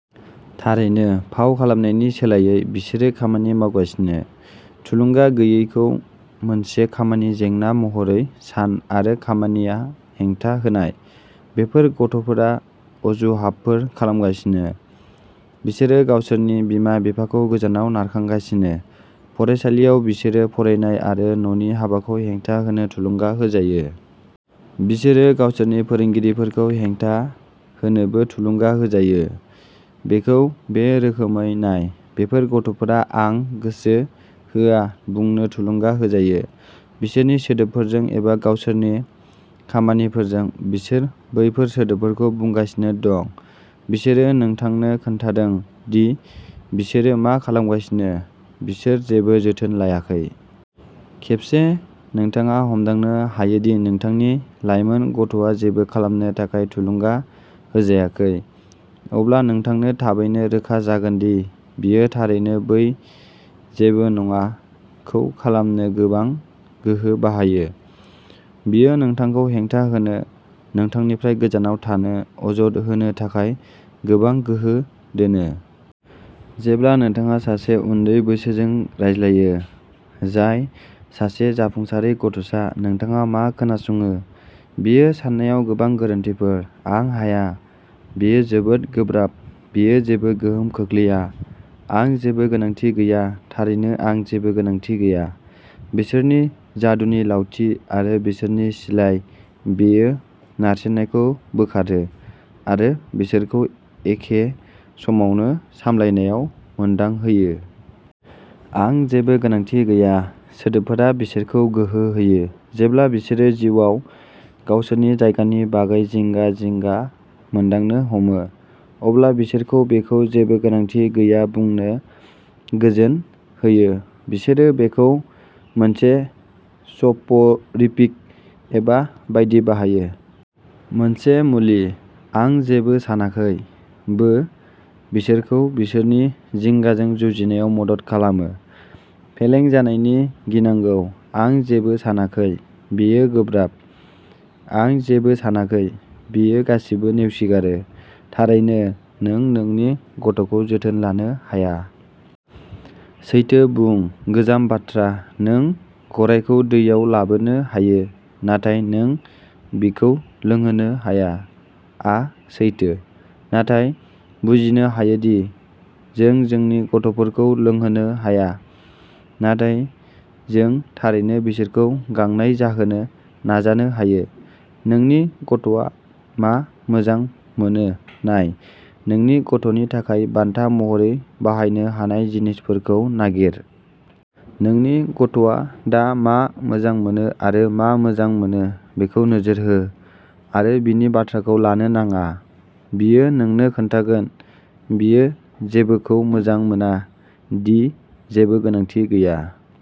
थारैनो, फाव खालामनायनि सोलायै, बिसोरो खामानि मावगासिनो। थुलुंगा गैयैखौ मोनसे खामानि जेंना महरै सान-आरो खामानिआ हेंथा होनाय। बेफोर गथ'फोरा अजुहाबफोर खालामगासिनो; बिसोरो गावसोरनि बिमा-बिफाखौ गोजानाव नारखांगासिनो। फरायसालियाव, बिसोरो फरायनाय आरो न'नि हाबाखौ हेंथा होनो थुलुंगा होजायो। बिसोरो गावसोरनि फोरोंगिरिफोरखौ हेंथा होनोबो थुलुंगा होजायो। बेखौ बे रोखोमै नायः बेफोर गथ'फोरा "आं गोसो होआ" बुंनो थुलुंगा होजायो, बिसोरनि सोदोबफोरजों एबा गावसोरनि खामानिफोरजों। बिसोर बैफोर सोदोबफोरखौ बुंगासिनो दं; बिसोरो नोंथांनो खोन्थादों दि बिसोरो मा खालामगासिनो-बिसोर जेबो जोथोन लायाखै। खेबसे नोंथाङा हमदांनो हायो दि नोंथांनि लायमोन गथ'आ जेबो खालामनो थाखाय थुलुंगा होजायाखै, अब्ला नोंथांनो थाबैनो रोखा जागोन दि बियो थारैनो बै "जेबो नङा" खौ खालामनो गोबां गोहो बाहायो। बियो नोंथांखौ हेंथा होनो, नोंथांनिफ्राय गोजानाव थानो, अजद होनो थाखाय गोबां गोहो दोनो। जेब्ला नोंथाङा सासे उनदै बैसोजों रायज्लायो, जाय सासे जाफुंसारै गथ'सा, नोंथाङा मा खोनासङो, बेयो साननायाव गोबां गोरोन्थिफोर। "आं हाया; बेयो जोबोद गोब्राब; बेयो जेबो गोहोम खोख्लैया; आं जेबो गोनांथि गैया। " थारैनो, "आं जेबो गोनांथि गैया" बिसोरनि जादुनि लावथि आरो बिसोरनि सिलाइ-बेयो नारसिननायखौ बोखारो आरो बिसोरखौ एखे समावनो सामलायनायाव मोनदांहोयो। "आं जेबो गोनांथि गैया" सोदोबफोरा बिसोरखौ गोहो होयो। जेब्ला बिसोरो जिउआव गावसोरनि जायगानि बागै जिंगा-जिंगा मोनदांनो हमो, अब्ला बिसोरखौ बेखौ जेबो गोनांथि गैया बुंनो गोजोन होयो; बिसोरो बेखौ मोनसे स'प'रिफिक एबा बायदि बाहायो। मोनसे मुलि। "आं जेबो सानाखै" बो बिसोरखौ बिसोरनि जिंगाजों जुजिनायाव मदद खालामो। फेलें जानायनि गिनांगौ? "आं जेबो सानाखै। " बेयो गोब्राब? "आं जेबो सानाखै। " बेयो गासिबो नेवसिगारो। थारैनो, नों नोंनि गथ'खौ जोथोन लानो हाया। सैथो बुं, गोजाम बाथ्रा, "नों गरायखौ दैयाव लाबोनो हायो, नाथाय नों बिखौ लोंहोनो हाया" आ सैथो। नाथाय बुजिनो हायोदि जों जोंनि गथ'फोरखौ लोंहोनो हाया, नाथाय जों थारैनो बिसोरखौ गांनाय जाहोनो नाजानो हायो। नोंनि गथ'आ मा मोजां मोनो नायः नोंनि गथ'नि थाखाय बान्था महरै बाहायनो हानाय जिनिसफोरखौ नागिर। नोंनि गथ'आ दा मा मोजां मोनो आरो मा मोजां मोनो बेखौ नोजोर हो। आरो बिनि बाथ्राखौ लानो नाङा; बियो नोंनो खोन्थागोन बियो जेबोखौ मोजां मोना; दि "जेबो गोनांथि गैया।